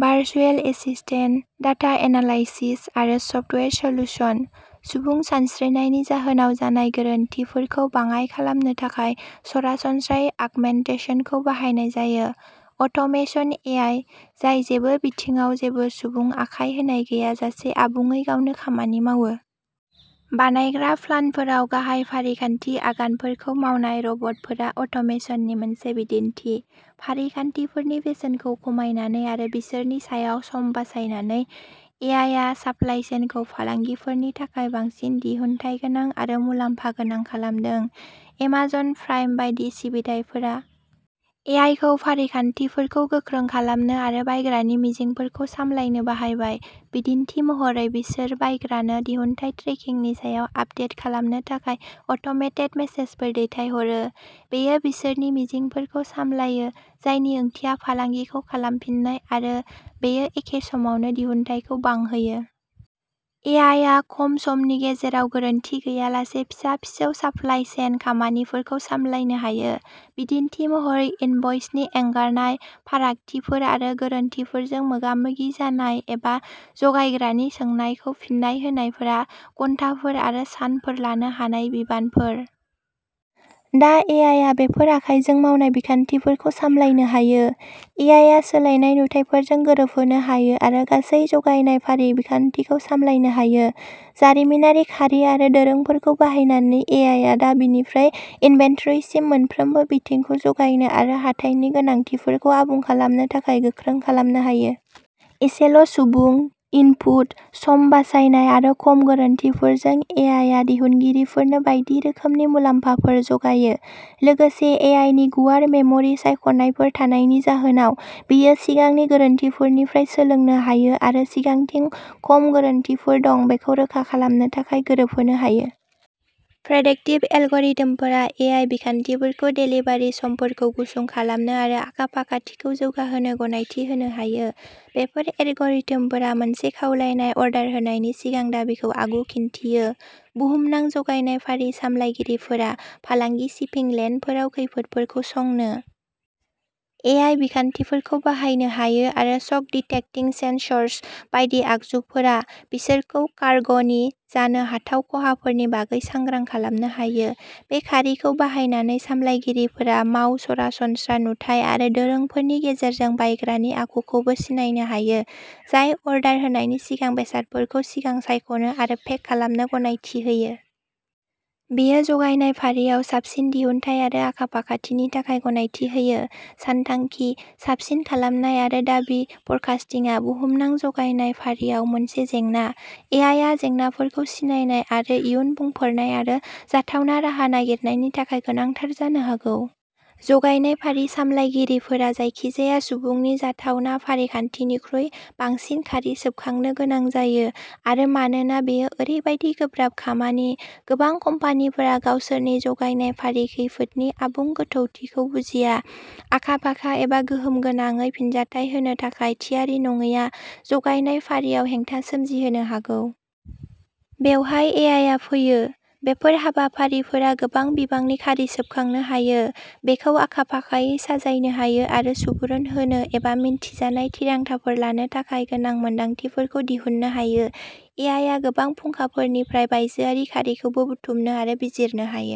Virtual assistant, data analysis आरो software solution. सुबुं सानस्रिनायनि जाहोनाव जानाय गोरोन्थिफोरखौ बाङाइ खालामनो थाखाय सरासनस्रायै आगमेन्टेसनखौ बाहायनाय जायो। अट'मेसनः ए. आइ. जाय जेबो बिथिङाव जेबो सुबुं आखाय होनाय गैयाजासे आबुङै गावनो खामानि मावो। बानायग्रा प्लान्टफोराव गाहाय फारिखान्थि आगानफोरखौ मावनाय रबटफोरा अट'मेसननि मोनसे बिदिन्थि। फारिखान्थिफोरनि बेसेनखौ खमायनानै आरो बिसोरनि सायाव सम बासायनानै, ए. आइ. आ साप्लाइ चेनखौ फालांगिफोरनि थाखाय बांसिन दिहुनथायगोनां आरो मुलाम्फा गोनां खालामदों। एमाजन प्राइम बायदि सिबिथायफोरा ए आइ. खौ फारिखान्थिफोरखौ गोख्रों खालामनो आरो बायग्रानि मिजिंफोरखौ सामलायनो बाहायबाय। बिदिन्थि महरै, बिसोर बायग्रानो दिहुनथाय ट्रेकिंनि सायाव आपदेट खालामनो थाखाय अट'मेटेड मेसेजफोर दैथायहरो। बेयो बिसोरनि मिजिंफोरखौ सामलायो, जायनि ओंथिया फालांगिखौ खालामफिननाय, आरो बेयो एखे समावनो दिहुनथायखौ बांहोयो। ए. आइ. आ खम समनि गेजेराव गोरोन्थि गैयालासे फिसा-फिसौ साप्लाइ चेन खामानिफोरखौ सामलायनो हायो। बिदिन्थि महरै, इनभ'इसनि एंगारनाय, फारागथिफोर आरो गोरोन्थिफोरजों मोगा-मोगि जानाय एबा जगायग्रानि सोंनायखौ फिननाय होनायफोरा घन्टाफोर आरो सानफोर लानो हानाय बिबानफोर। दा, ए. आइ. आ बेफोर आखाइजों मावनाय बिखान्थिफोरखौ सामलायनो हायो। ए. आइ. आ सोलायनाय नुथायफोरजों गोरोबहोनो हायो आरो गासै जगायनाय फारि बिखान्थिखौ सामलायनो हायो। जारिमिनारि खारि आरो दोरोंफोरखौ बाहायनानै, ए. आइ. आ दाबिनिफ्राय इनभेन्टरिसिम मोनफ्रोमबो बिथिंखौ जगायनो आरो हाथाइनि गोनांथिफोरखौ आबुं खालामनो थाखाय गोख्रों खालामनो हायो। एसेल'सुबुं इनपुट, सम बासायनाय आरो खम गोरोन्थिफोरजों, ए. आइ. आ दिहुनगिरिफोरनो बायदि रोखोमनि मुलाम्फाफोर जगायो। लोगोसे, ए. आइ. नि गुवार मेम'रि सायख'नायफोर थानायनि जाहोनाव, बेयो सिगांनि गोरोन्थिफोरनिफ्राय सोलोंनो हायो आरो सिगांथिं खम गोरोन्थिफोर दं बेखौ रोखा खालामनो थाखाय गोरोबहोनो हायो। प्रेडिक्टिभ एलग'रिथमफोरा ए. आइ. बिखान्थिफोरखौ देलिभारि समफोरखौ गुसुं खालामनो आरो आखा-फाखाथिखौ जौगाहोनो गनायथि होनो हायो। बेफोर एलग'रिथमफोरा मोनसे खावलायनाय अर्डार होनायनि सिगां दाबिखौ आगु-खिन्थियो। बुहुमनां जगायनाय फारि सामलायगिरिफोरा फालांगि शिपिं लेनफोराव खैफोदफोरखौ संनो ए आइ. बिखान्थिफोरखौ बाहायनो हायो, आरो शक-डिटेक्टिं सेन्सर्स बायदि आगजुफोरा बिसोरखौ कार्ग'नि जानो हाथाव खहाफोरनि बागै सांग्रां खालामनो हायो। बे खारिखौ बाहायनानै, सामलायगिरिफोरा माव सरासनस्रा नुथाय आरो दोरोंफोरनि गेजेरजों बायग्रानि आखुखौबो सिनायनो हायो, जाय अर्डार होनायनि सिगां बेसादफोरखौ सिगां सायख'नो आरो पेक खालामनो गनायथि होयो। बेयो जगायनाय फारिआव साबसिन दिहुनथाय आरो आखा-फाखाथिनि थाखाय गनायथि होयो। सानथांखि, साबसिन खालामनाय आरो दाबि फोरकास्टिंआ बुहुमनां जगायनाय फारिआव मोनसे जेंना। ए. आइ. आ जेंनाफोरखौ सिनायनाय आरो इयुन बुंफोरनाय आरो जाथावना राहा नागिरनायनि थाखाय गोनांथार जानो हागौ। जगायनाय फारि सामलायगिरिफोरा जायखिजाया सुबुंनि जाथावना फारिखान्थिनिख्रुइ बांसिन खारि सोबखांनो गोनां जायो, आरो मानोना बेयो ओरैबायदि गोब्राब खामानि, गोबां कम्पानिफोरा गावसोरनि जगायनाय फारि खैफोदनि आबुं गोथौथिखौ बुजिया। आखा-फाखा एबा गोहोमगोनाङै फिनजाथाय होनो थाखाय थियारि नङैआ जगायनाय फारिआव हेंथा सोमजिहोनो हागौ। बेवहाय ए. आइ. आ फैयो। बेफोर हाबाफारिफोरा गोबां बिबांनि खारि सोबखांनो हायो, बेखौ आखा-फाखायै साजायनो हायो, आरो सुबुरुन होनो एबा मिथिजानाय थिरांथाफोर लानो थाखाय गोनां मोनदांथिफोरखौ दिहुननो हायो। ए. आइ. आ गोबां फुंखाफोरनिफ्राय बायजोआरि खारिखौबो बुथुमनो आरो बिजिरनो हायो,